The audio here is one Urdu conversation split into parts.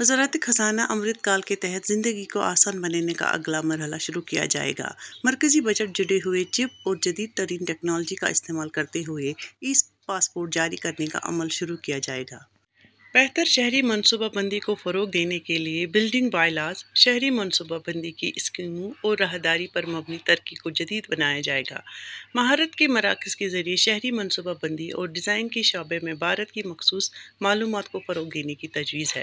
وزارتِ خزانہ امرت کال کے تحت زندگی کو آسان بنانے کا اگلا مرحلہ شروع کیا جائے گا: مرکزی بجٹ جڑے ہوئے چِپ اور جدید ترین ٹیکنالوجی کا استعمال کرتے ہوئے ای پاسپورٹ جاری کرنے کا عمل شروع کیا جائے گا۔ بہتر شہری منصوبہ بندی کو فروغ دینے کے لیے بلڈنگ بائی لاز، شہری منصوبہ بندی کی اسکیموں اور راہداری پر مبنی ترقی کو جدید بنایا جائے گا۔ مہارت کے مراکز کے ذریعے شہری منصوبہ بندی اور ڈیزائن کے شعبے میں بھارت کی مخصوص معلومات کو فروغ دینے کی تجویز ہے۔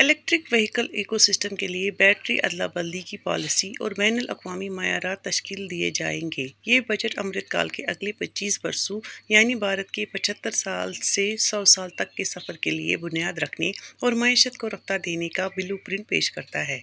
الیکٹرک وہیکل ایکو سسٹم کے لیے بیٹری ادلا بدلی کی پالیسی اور بین الاقوامی معیارات تشکیل دیے جائیں گے۔ یہ بجٹ امرت کال کے اگلے پچیس برسوں، یعنی بھارت کے پچہتر سال سے سو سال تک کے سفر کے لیے بنیاد رکھنے اور معیشت کو رفتار دینے کا بلیو پرنٹ پیش کرتا ہے۔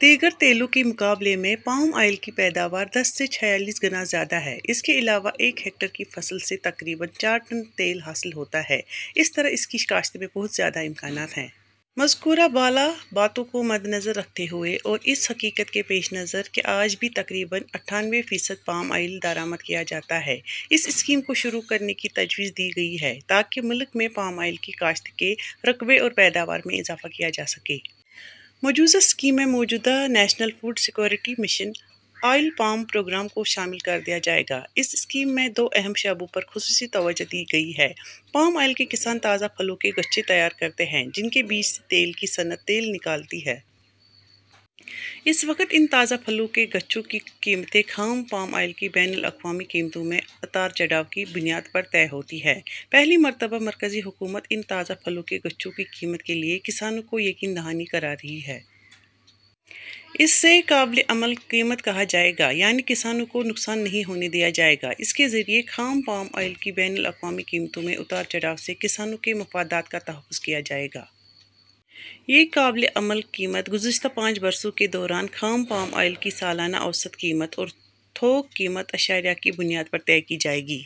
دیگر تلہنوں کے مقابلے میں پام آئل کی پیداوار دس سے چھیالیس گنا زیادہ ہے۔ اس کے علاوہ ایک ہیکٹر کی فصل سے تقریباً چار ٹن تیل حاصل ہوتا ہے۔ اس طرح اس کی کاشت میں بہت زیادہ امکانات ہیں۔ مذکورہ بالا باتوں کو مدنظر رکھتے ہوئے اور اس حقیقت کے پیش نظر کہ آج بھی تقریباً اٹھانوے فیصد پام آئل درآمد کیا جاتا ہے، اس اسکیم کو شروع کرنے کی تجویز دی گئی ہے، تاکہ ملک میں پام آئل کی کاشت کے رقبے اور پیداوار میں اضافہ کیا جا سکے۔ مجوزہ اسکیم میں موجودہ national food security mission oil palm programme کو شامل کر دیا جائے گا۔ اس اسکیم میں دو اہم شعبوں پر خصوصی توجہ دی گئی ہے۔ پام آئل کے کسان تازہ پھلوں کے گچھے تیار کرتے ہیں، جن کے بیج سے تیل کی صنعت تیل نکالتی ہے۔ اس وقت ان تازہ پھلوں کے گچھوں کی قیمتیں خام پام آئل کی بین الاقوامی قیمتوں میں اتار چڑھاؤ کی بنیاد پر طے ہوتی ہیں۔ پہلی مرتبہ مرکزی حکومت ان تازہ پھلوں کے گچھوں کی قیمت کے لیے کسانوں کو یقین دہانی کرا رہی ہے۔ اسے قابلِ عمل قیمت کہا جائے گا، یعنی کسانوں کو نقصان نہیں ہونے دیا جائے گا۔ اس کے ذریعے خام پام آئل کی بین الاقوامی قیمتوں میں اتار چڑھاؤ سے کسانوں کے مفادات کا تحفظ کیا جائے گا۔ یہ قابلِ عمل قیمت گزشتہ پانچ برسوں کے دوران خام پام آئل کی سالانہ اوسط قیمت اور تھوک قیمت اشاریہ کی بنیاد پر طے کی جائے گی۔